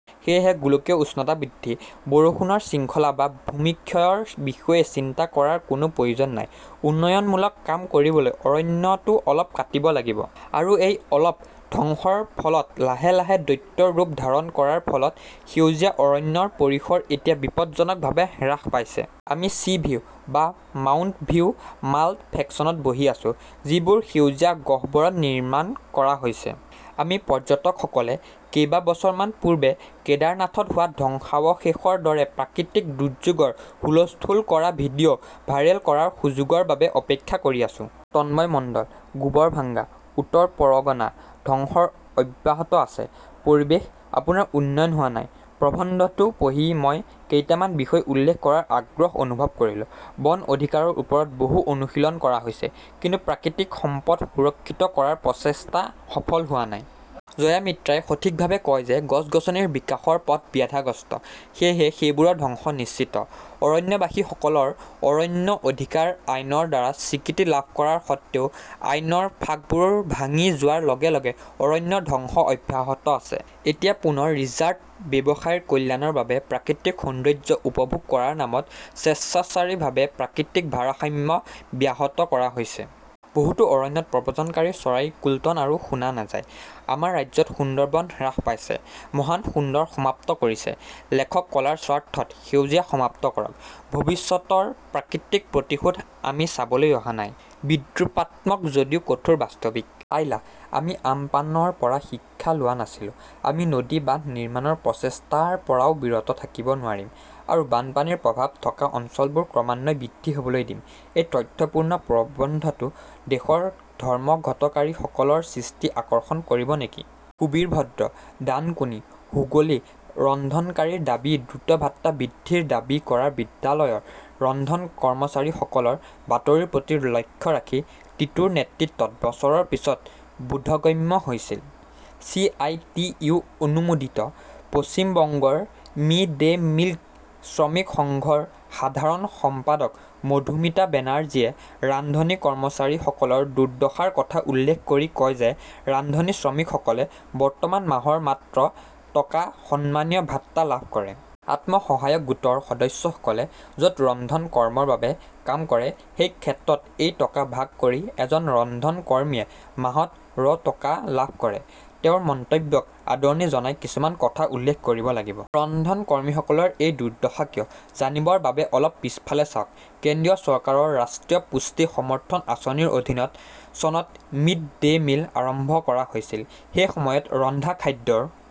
সেয়েহে, গোলকীয় উষ্ণতা বৃদ্ধি, বৰষুণৰ শৃংখলা বা ভূমিক্ষয়ৰ বিষয়ে চিন্তা কৰাৰ কোনো প্ৰয়োজন নাই। উন্নয়নমূলক কাম কৰিবলৈ অৰণ্যটো অলপ কাটিব লাগিব। আৰু এই 'অলপ' ধ্বংসৰ ফলত লাহে লাহে দৈত্যৰ ৰূপ ধাৰণ কৰাৰ ফলত সেউজীয়া অৰণ্যৰ পৰিসৰ এতিয়া বিপদজনকভাৱে হ্ৰাস পাইছে। আমি 'চি ভিউ' বা 'মাউণ্ট ভিউ' মাল্টফ্লেক্সত বহি আছো, যিবোৰ সেউজীয়া গহ্বৰত নিৰ্মাণ কৰা হৈছে। আমি পৰ্যটকসকলে কেইবছৰমান পূৰ্বে কেদাৰনাথত হোৱা ধ্বংসাৱশেষৰ দৰে প্ৰাকৃতিক দুৰ্যোগৰ হুলস্থুল কৰা ভিডিঅ "ভাইৰেল কৰাৰ সুযোগৰ বাবে অপেক্ষা কৰি আছো! তন্ময় মণ্ডল, গোবৰডাংগা, উত্তৰ পৰগনা ধ্বংস অব্যাহত আছে 'পৰিৱেশ, আপোনাৰ উন্নয়ন হোৱা নাই? "প্ৰবন্ধটো পঢ়ি মই কেইটামান বিষয় উল্লেখ কৰাৰ আগ্ৰহ অনুভৱ কৰিলো। বন অধিকাৰৰ ওপৰত বহু অনুশীলন কৰা হৈছে, কিন্তু প্ৰাকৃতিক সম্পদ সুৰক্ষিত কৰাৰ প্ৰচেষ্টা সফল হোৱা নাই। জয়া মিত্ৰাই সঠিকভাৱে কয় যে গছ-গছনিৰ বিকাশৰ পথ বাধাগ্ৰস্ত, সেয়েহে সেইবোৰৰ ধ্বংস নিশ্চিত! অৰণ্যবাসীসকলৰ অৰণ্য অধিকাৰ আইনৰ দ্বাৰা স্বীকৃতি লাভ কৰাৰ স্বত্ত্বেও, আইনৰ ফাঁকবোৰ ভাঙি যোৱাৰ লগে লগে অৰণ্য ধ্বংস অব্যাহত আছে। এতিয়া পুনৰ ৰিজৰ্ট ব্যৱসায়ৰ কল্যাণৰ বাবে প্ৰাকৃতিক সৌন্দৰ্য্য উপভোগ কৰাৰ নামত স্বেচ্ছাচাৰীভাৱে প্ৰাকৃতিক ভাৰসাম্য ব্যাহত কৰা হৈছে। বহুতো অৰণ্যত প্ৰব্ৰজনকাৰী চৰাইৰ কোল্টন আৰু শুনা নাযায়। আমাৰ ৰাজ্যত সুন্দৰবন হ্ৰাস পাইছে। মহান সুন্দৰ সমাপ্ত কৰিছে লেখক-কলাৰ স্বাৰ্থত সেউজীয়া সমাপ্ত কৰক, ভৱিষ্যতৰ প্ৰকৃতিৰ প্ৰতিশোধ আমি চাবলৈ অহা নাই! বিদ্ৰূপাত্মক যদিও কঠোৰ বাস্তৱিক। আইলা, আমি আমপানৰ পৰাও শিক্ষা লোৱা নাছিলো। আমি নদী বান্ধ নিৰ্মাণৰ প্ৰচেষ্টাৰ পৰাও বিৰত থাকিব নোৱাৰিম, আৰু বানপানীৰ প্ৰভাৱ থকা অঞ্চলবোৰ ক্ৰমান্বয়ে বৃদ্ধি হ 'বলৈ দিম! এই তথ্যপূৰ্ণ প্ৰবন্ধটো দেশৰ ধৰ্মঘটকাৰীসকলৰ দৃষ্টি আকৰ্ষণ কৰিব নেকি? সুবীৰ ভদ্ৰ, ডানকুনী, হুগলী ৰন্ধনকাৰীৰ দাবী 'দ্ৰুত ভাত্তা বৃদ্ধিৰ দাবী কৰা বিদ্যালয়ৰ ৰন্ধন কৰ্মীসকলৰ' বাতৰিৰ প্ৰতি লক্ষ্য ৰাখি, চিটুৰ নেতৃত্বৰ বছৰৰ পিছত বোধগম্যতা হৈছিল। চি. আই. টি. ইউ. অনুমোদিত 'পশ্চিম বংগৰ মিড-ডে মিল শ্ৰমিক সংঘ "ৰ সাধাৰণ সম্পাদক মধুমিটা বেনাৰ্জীয়ে ৰান্ধনী শ্ৰমিকসকলৰ দুৰ্দশাৰ কথা উল্লেখ কৰি কয় যে ৰান্ধনী শ্ৰমিকসকলে বৰ্তমান মাহত মাত্ৰ টকা সন্মানীয় ভাত্তা লাভ কৰে। আত্মসহায়ক গোটৰ সদস্যসকলে য 'ত ৰন্ধন কৰ্মৰ বাবে কাম কৰে, সেই ক্ষেত্ৰত এই টকা ভাগ কৰি এজন ৰন্ধন কৰ্মীয়ে মাহত ৰ পৰা টকা লাভ কৰে। তেওঁৰ মন্তব্যক আদৰণি জনাই কিছুমান কথা উল্লেখ কৰিব লাগিব। ৰন্ধন কৰ্মীসকলৰ এই দুৰ্দশা কিয়? জানিবৰ বাবে অলপ পিছফালে চাওক। কেন্দ্ৰীয় চৰকাৰৰ ৰাষ্ট্ৰীয় পুষ্টি সমৰ্থন আঁচনিৰ অধীনত চনত 'মিড-ডে মিল "আৰম্ভ কৰা হৈছিল। সেই সময়ত ৰন্ধা খাদ্যৰ